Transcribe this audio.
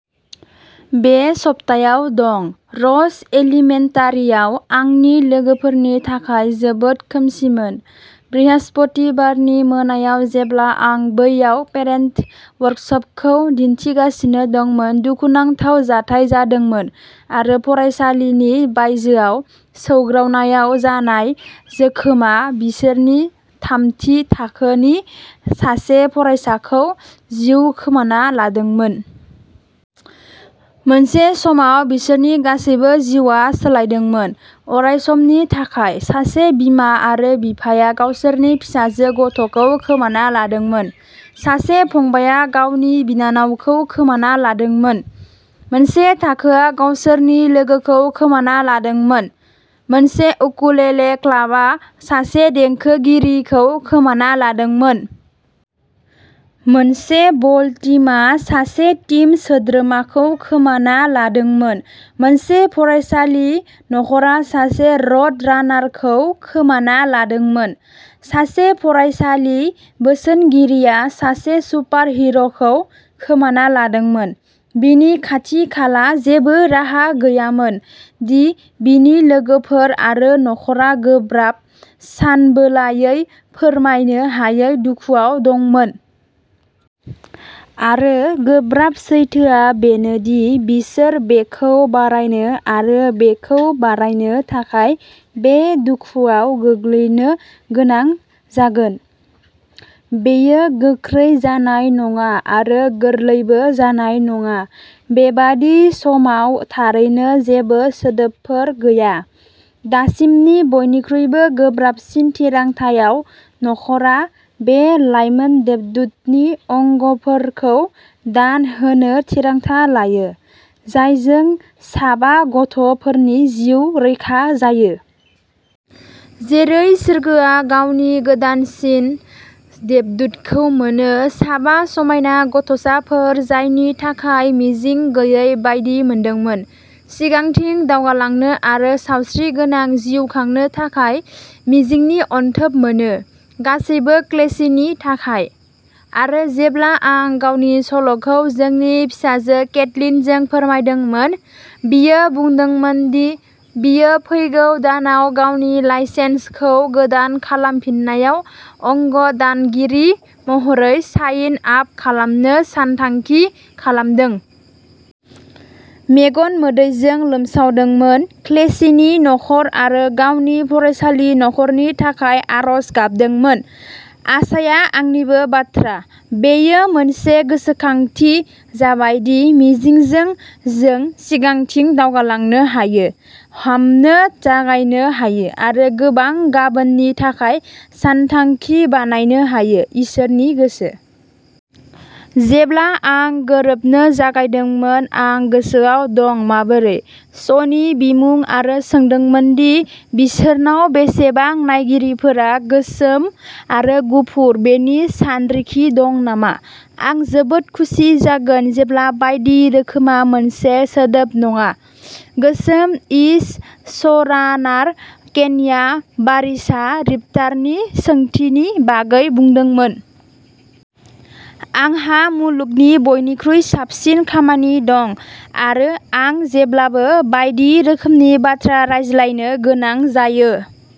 बे सप्तायाव दं। रस एलिमेन्टारिआव आंनि लोगोफोरनि थाखाय जोबोद खोमसिमोन। बृहस्पतिबारनि मोनायाव जेब्ला आं बैयाव पेरेन्टिं वर्कसपखौ दिन्थिगासिनो दंमोन, दुखुनांथाव जाथाय जादोंमोन आरो फरायसालिनि बायजोआव सौग्रावनायाव जानाय जोखोमआ बिसोरनि थामथि थाखोनि सासे फरायसाखौ जिउ खोमाना लादोंमोन। मोनसे समाव, बिसोरनि गासैबोनि जिउआ सोलायदोंमोन। अरायसमनि थाखाय। सासे बिमा आरो बिफाया गावसोरनि फिसाजो गथ'खौ खोमाना लादोंमोन। सासे फंबायआ गावनि बिनानावखौ खोमाना लादोंमोन। मोनसे थाखोआ गावसोरनि लोगोखौ खोमाना लादोंमोन। मोनसे उकुलेले क्लाबआ सासे देंखोगिरिखौ खोमाना लादोंमोन। मोनसे बल टीमा सासे टीम सोद्रोमाखौ खोमाना लादोंमोन। मोनसे फरायसालि नखरा सासे र'डरानारखौ खोमाना लादोंमोन। सासे फरायसालि बोसोनगिरिया सासे सुपारहिर'खौ खोमाना लादोंमोन। बिनि खाथि-खाला जेबो राहा गैयामोन दि बिनि लोगोफोर आरो नखरा गोब्राब, सानबोलायै, फोरमायनो हायै दुखुआव दंमोन। आरो गोब्राब सैथोआ बेनो दि बिसोर बेखौ बारायनो आरो बेखौ बारायनो थाखाय बे दुखुआव गोग्लैनो गोनां जागोन। बेयो गोख्रै जानाय नङा आरो गोरलैबो जानाय नङा। बेबादि समाव थारैनो जेबो सोदोबफोर गैया। दासिमनि बयनिख्रुइबो गोब्राबसिन थिरांथायाव, न'खरआ बे लाइमोन देबदूतनि अंगफोरखौ दान होनो थिरांथा लायो, जायजों साबा गथ'फोरनि जिउ रैखा जायो। जेरै सोरगोआ गावनि गोदानसिन देबदूतखौ मोनो, साबा समायना गथ'साफोर, जायनि थाखाय मिजिं गैयै बायदि मोनदोंमोन, सिगांथिं दावगालांनो आरो सावस्रिगोनां जिउ खांनो थाखाय मिजिंनि अनथोब मोनो। गासैबो केल्सीनि थाखाय। आरो जेब्ला आं गावनि सल'खौ जोंनि फिसाजो केटलिनजों फोरमायदोंमोन, बियो बुंदोंमोन दि बियो फैगौ दानाव गावनि लाइसेन्सखौ गोदान खालामफिननायाव अंग दानगिरि महरै साइन आप खालामनो सानथांखि खालामदों। मेगन मोदैजों लोमसावदोंमोन। केल्सीनि नखर आरो गावनि फरायसालि नखरनि थाखाय आरज गाबदोंमोन। आसाया आंनिबो बाथ्रा। बेयो मोनसे गोसोखांथि जाबाय दि मिजिंजों जों सिगांथिं दावगालांनो हायो, हामनो जागायनो हायो, आरो गोबां गाबोननि थाखाय सानथांखि बानायनो हायो; इसोरनि गोसो। जेब्ला आं गोरोबनो जागायदोंमोन आं गोसोआव दं माबोरै। श'नि बिमुं आरो सोंदोंमोन दि बिसोरनाव बेसेबां नायगिरिफोरा गोसोम आरो गुफुर बेनि सानरिखि दं नामा। "आं जोबोद खुसि जागोन जेब्ला बायदि रोखोमआ मोनसे सोदोब नङा", गोसोम-इश श'रानार केन्या बारिसआ रिपर्टारनि सोंथिनि बागै बुंदोंमोन। "आंहा मुलुगनि बयनिख्रुइ साबसिन खामानि दं आरो आं जेब्लाबो बायदि रोखोमनि बाथ्रा रायज्लायनो गोनां जायो।